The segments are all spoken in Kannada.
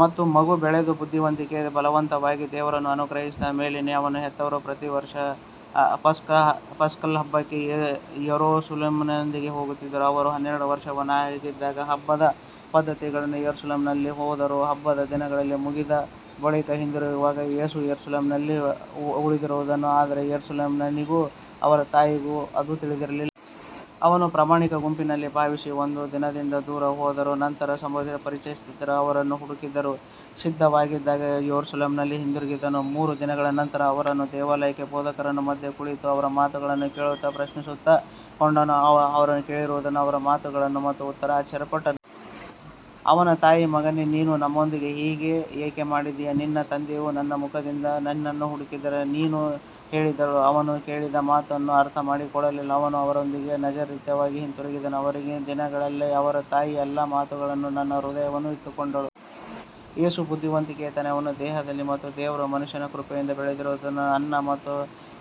ಮತ್ತು ಮಗು ಬೆಳೆದು ಬುದ್ಧಿವಂತಿಕೆಯಲ್ಲಿ ಬಲಗೊಂಡಿತು ಮತ್ತು ದೇವರ ಅನುಗ್ರಹವು ಅವನ ಮೇಲಿತ್ತು. ಅವನ ಹೆತ್ತವರು ಪ್ರತಿವರ್ಷ ಪಸ್ಕಹಬ್ಬಕ್ಕೆ ಯೆರೂಸಲೇಮಿಗೆ ಹೋಗುತ್ತಿದ್ದರು. ಅವನು ಹನ್ನೆರಡು ವರ್ಷದವನಾಗಿದ್ದಾಗ ಹಬ್ಬದ ಪದ್ಧತಿಯಂತೆ ಯೆರೂಸಲೇಮಿಗೆ ಹೋದರು. ಹಬ್ಬದ ದಿನಗಳು ಮುಗಿದ ಬಳಿಕ ಹಿಂದಿರುಗುವಾಗ ಯೇಸು ಯೆರೂಸಲೇಮಿನಲ್ಲೇ ಉಳಿದನು, ಆದರೆ ಯೋಸೇಫನಿಗೂ ಅವನ ತಾಯಿಗೂ ಅದು ತಿಳಿದಿರಲಿಲ್ಲ. ಅವನು ಪ್ರಯಾಣಿಕರ ಗುಂಪಿನಲ್ಲಿದ್ದಾನೆಂದು ಭಾವಿಸಿ ಒಂದು ದಿನದಷ್ಟು ದೂರ ಹೋದರು. ನಂತರ ಸಂಬಂಧಿಕರು ಮತ್ತು ಪರಿಚಯಸ್ಥರಲ್ಲಿ ಅವನನ್ನು ಹುಡುಕಿದರು. ಸಿಗದಿದ್ದಾಗ ಯೆರೂಸಲೇಮಿಗೆ ಹಿಂದಿರುಗಿದರು. ಮೂರು ದಿನಗಳ ನಂತರ ಅವನನ್ನು ದೇವಾಲಯದಲ್ಲಿ ಬೋಧಕರ ಮಧ್ಯೆ ಕುಳಿತು ಅವರ ಮಾತುಗಳನ್ನು ಕೇಳುತ್ತಾ ಪ್ರಶ್ನಿಸುತ್ತಿರುವುದನ್ನು ಕಂಡರು. ಅವನನ್ನು ಕೇಳಿದವರೆಲ್ಲರೂ ಅವನ ತಿಳುವಳಿಕೆ ಮತ್ತು ಉತ್ತರಗಳಿಗೆ ಆಶ್ಚರ್ಯಪಟ್ಟರು. ಅವನ ತಾಯಿ, ಮಗನೇ, ನೀನು ನಮ್ಮೊಂದಿಗೆ ಹೀಗೆ ಏಕೆ ಮಾಡಿದೆ? ನಿನ್ನ ತಂದೆಯೂ ನಾನೂ ದುಃಖದಿಂದ ನಿನ್ನನ್ನು ಹುಡುಕಿದೆವು ಎಂದು ಹೇಳಿದಳು. ಅವನು ಹೇಳಿದ ಮಾತನ್ನು ಅವರು ಅರ್ಥಮಾಡಿಕೊಳ್ಳಲಿಲ್ಲ. ಅವನು ಅವರೊಂದಿಗೆ ನಜರೇತಿಗೆ ಹಿಂದಿರುಗಿ ಅವರಿಗೆ ಅಧೀನನಾಗಿದ್ದನು. ಅವನ ತಾಯಿ ಈ ಎಲ್ಲಾ ಮಾತುಗಳನ್ನು ತನ್ನ ಹೃದಯದಲ್ಲಿ ಇಟ್ಟುಕೊಂಡಳು. ಯೇಸು ಬುದ್ಧಿವಂತಿಕೆಯಲ್ಲಿ, ದೇಹದಲ್ಲಿ ಮತ್ತು ದೇವರು ಹಾಗೂ ಮನುಷ್ಯರ ಕೃಪೆಯಲ್ಲಿ ಬೆಳೆಯುತ್ತಿದ್ದನು. ಅನ್ನ ಮತ್ತು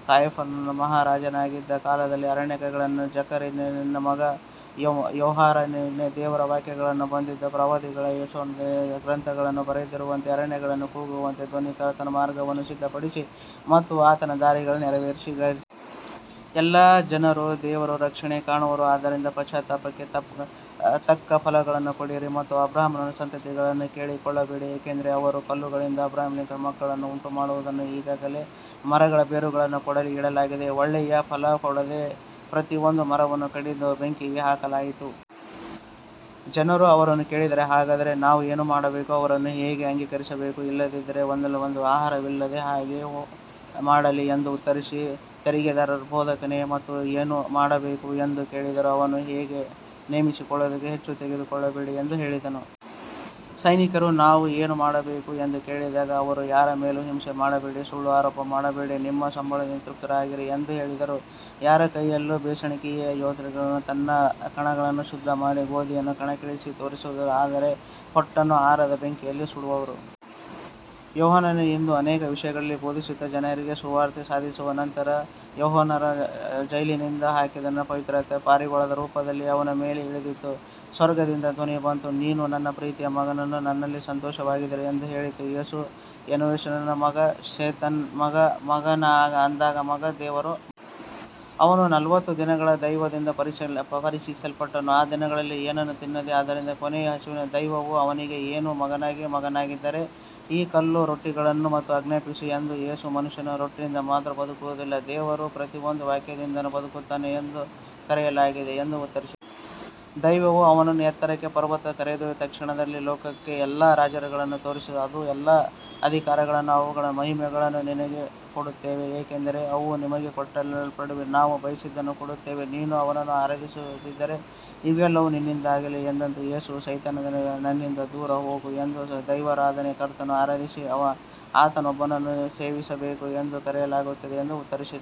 ಕಾಯಫರು ಮಹಾಯಾಜಕರಾಗಿದ್ದ ಕಾಲದಲ್ಲಿ ಅರಣ್ಯದಲ್ಲಿದ್ದ ಜಕರೀಯನ ಮಗ ಯೋಹಾನನಿಗೆ ದೇವರ ವಾಕ್ಯವು ಬಂದಿತು. ಪ್ರವಾದಿಯಾದ ಯೆಶಾಯನ ಗ್ರಂಥದಲ್ಲಿ ಬರೆದಿರುವಂತೆ, ಅರಣ್ಯದಲ್ಲಿ ಕೂಗುವವನ ಧ್ವನಿ, ಕರ್ತನ ಮಾರ್ಗವನ್ನು ಸಿದ್ಧಪಡಿಸಿರಿ ಮತ್ತು ಆತನ ದಾರಿಗಳನ್ನು ನೇರಗೊಳಿಸಿರಿ. ಎಲ್ಲಾ ಜನರೂ ದೇವರ ರಕ್ಷಣೆಯನ್ನು ಕಾಣುವರು. ಆದ್ದರಿಂದ ಪಶ್ಚಾತ್ತಾಪಕ್ಕೆ ತಕ್ಕ ಫಲಗಳನ್ನು ಕೊಡಿರಿ. ನಾವು ಅಬ್ರಹಾಮನ ಸಂತತಿಯವರು ಎಂದು ಹೇಳಿಕೊಳ್ಳಬೇಡಿ, ಏಕೆಂದರೆ ದೇವರು ಈ ಕಲ್ಲುಗಳಿಂದಲೂ ಅಬ್ರಹಾಮನಿಗೆ ಮಕ್ಕಳನ್ನು ಉಂಟುಮಾಡಬಲ್ಲನು. ಈಗಾಗಲೇ ಮರಗಳ ಬೇರುಗಳಿಗೆ ಕೊಡಲಿ ಇಡಲಾಗಿದೆ. ಒಳ್ಳೆಯ ಫಲ ಕೊಡದ ಪ್ರತಿಯೊಂದು ಮರವನ್ನು ಕಡಿದು ಬೆಂಕಿಗೆ ಹಾಕಲಾಗುವುದು. ಜನರು ಅವನನ್ನು ಕೇಳಿದರು, ಹಾಗಾದರೆ ನಾವು ಏನು ಮಾಡಬೇಕು? ಅವನು, ಎರಡು ಅಂಗಿಗಳಿರುವವನು ಇಲ್ಲದವನಿಗೆ ಒಂದನ್ನು ಕೊಡಲಿ ಮತ್ತು ಆಹಾರವಿರುವವನು ಹಾಗೆಯೇ ಮಾಡಲಿ ಎಂದು ಉತ್ತರಿಸಿದನು. ತೆರಿಗೆಗಾರರು, ಬೋಧಕನೇ, ನಾವು ಏನು ಮಾಡಬೇಕು ಎಂದು ಕೇಳಿದರು. ಅವನು, ನಿಮಗೆ ನೇಮಿಸಿದಕ್ಕಿಂತ ಹೆಚ್ಚು ತೆಗೆದುಕೊಳ್ಳಬೇಡಿ ಎಂದು ಹೇಳಿದನು. ಸೈನಿಕರೂ ನಾವು ಏನು ಮಾಡಬೇಕು ಎಂದು ಕೇಳಿದರು. ಅವನು, ಯಾರ ಮೇಲೂ ಹಿಂಸೆ ಮಾಡಬೇಡಿ, ಸುಳ್ಳು ಆರೋಪ ಮಾಡಬೇಡಿ ಮತ್ತು ನಿಮ್ಮ ಸಂಬಳದಿಂದ ತೃಪ್ತರಾಗಿರಿ ಎಂದು ಹೇಳಿದನು. ಯಾರ ಕೈಯಲ್ಲಿ ಬೀಸಣಿಗೆ ಇದೆಯೋ ಆತನು ತನ್ನ ಕಣವನ್ನು ಶುದ್ಧಮಾಡಿ ಗೋಧಿಯನ್ನು ಕಣಜದಲ್ಲಿ ಸೇರಿಸುವನು, ಆದರೆ ಹೊಟ್ಟನ್ನು ಆರದ ಬೆಂಕಿಯಲ್ಲಿ ಸುಡುವನು. ಯೋಹಾನನು ಇನ್ನೂ ಅನೇಕ ವಿಷಯಗಳನ್ನು ಬೋಧಿಸುತ್ತಾ ಜನರಿಗೆ ಸುವಾರ್ತೆ ಸಾರಿದನು. ನಂತರ ಹೆರೋದನು ಅವನನ್ನು ಜೈಲಿನಲ್ಲಿ ಹಾಕಿದನು. ಪವಿತ್ರಾತ್ಮನು ಪಾರಿವಾಳದ ರೂಪದಲ್ಲಿ ಅವನ ಮೇಲೆ ಇಳಿದನು ಮತ್ತು ಸ್ವರ್ಗದಿಂದ ಧ್ವನಿ ಬಂದು, ನೀನು ನನ್ನ ಪ್ರೀತಿಯ ಮಗನು, ನಿನ್ನಲ್ಲಿ ನನಗೆ ಸಂತೋಷವಾಗಿದೆ ಎಂದು ಹೇಳಿತು. ಯೇಸು ಎನೋಷನ ಮಗ, ಸೇತನ ಮಗ, ಆದಾಮನ ಮಗ, ದೇವರ ಮಗನು. ಅವನು ನಲವತ್ತು ದಿನ ದೆವ್ವದಿಂದ ಪರೀಕ್ಷಿಸಲ್ಪಟ್ಟನು. ಆ ದಿನಗಳಲ್ಲಿ ಏನನ್ನೂ ತಿನ್ನದೆ ಇದ್ದುದರಿಂದ ಕೊನೆಯಲ್ಲಿ ಹಸಿದನು. ದೆವ್ವವು ಅವನಿಗೆ, ನೀನು ದೇವರ ಮಗನಾಗಿದ್ದರೆ ಈ ಕಲ್ಲು ರೊಟ್ಟಿಯಾಗಲಿ ಎಂದು ಆಜ್ಞಾಪಿಸು ಎಂದಿತು. ಯೇಸು, ಮನುಷ್ಯನು ರೊಟ್ಟಿಯಿಂದ ಮಾತ್ರ ಬದುಕುವುದಿಲ್ಲ, ದೇವರ ಪ್ರತಿಯೊಂದು ವಾಕ್ಯದಿಂದಲೂ ಬದುಕುತ್ತಾನೆ ಎಂದು ಬರೆಯಲಾಗಿದೆ ಎಂದು ಉತ್ತರಿಸಿದನು. ದೆವ್ವವು ಅವನನ್ನು ಎತ್ತರದ ಪರ್ವತಕ್ಕೆ ಕರೆದೊಯ್ದು ಕ್ಷಣದಲ್ಲೇ ಲೋಕದ ಎಲ್ಲಾ ರಾಜ್ಯಗಳನ್ನು ತೋರಿಸಿತು. ಅದು, ಈ ಎಲ್ಲಾ ಅಧಿಕಾರವನ್ನೂ ಅವುಗಳ ಮಹಿಮೆಯನ್ನೂ ನಿನಗೆ ಕೊಡುತ್ತೇನೆ, ಏಕೆಂದರೆ ಅವು ನನಗೆ ಕೊಡಲ್ಪಟ್ಟಿವೆ ಮತ್ತು ನಾನು ಬಯಸಿದವರಿಗೆ ಕೊಡುತ್ತೇನೆ. ನೀನು ನನ್ನನ್ನು ಆರಾಧಿಸಿದರೆ ಇವೆಲ್ಲವೂ ನಿನ್ನದಾಗುವುದು ಎಂದಿತು. ಯೇಸು, ಸೈತಾನನೇ, ನನ್ನಿಂದ ದೂರ ಹೋಗು, ನಿನ್ನ ದೇವರಾದ ಕರ್ತನನ್ನೇ ಆರಾಧಿಸಿ ಆತನೊಬ್ಬನನ್ನೇ ಸೇವಿಸಬೇಕು ಎಂದು ಬರೆಯಲಾಗಿದೆ ಎಂದು ಉತ್ತರಿಸಿದನು.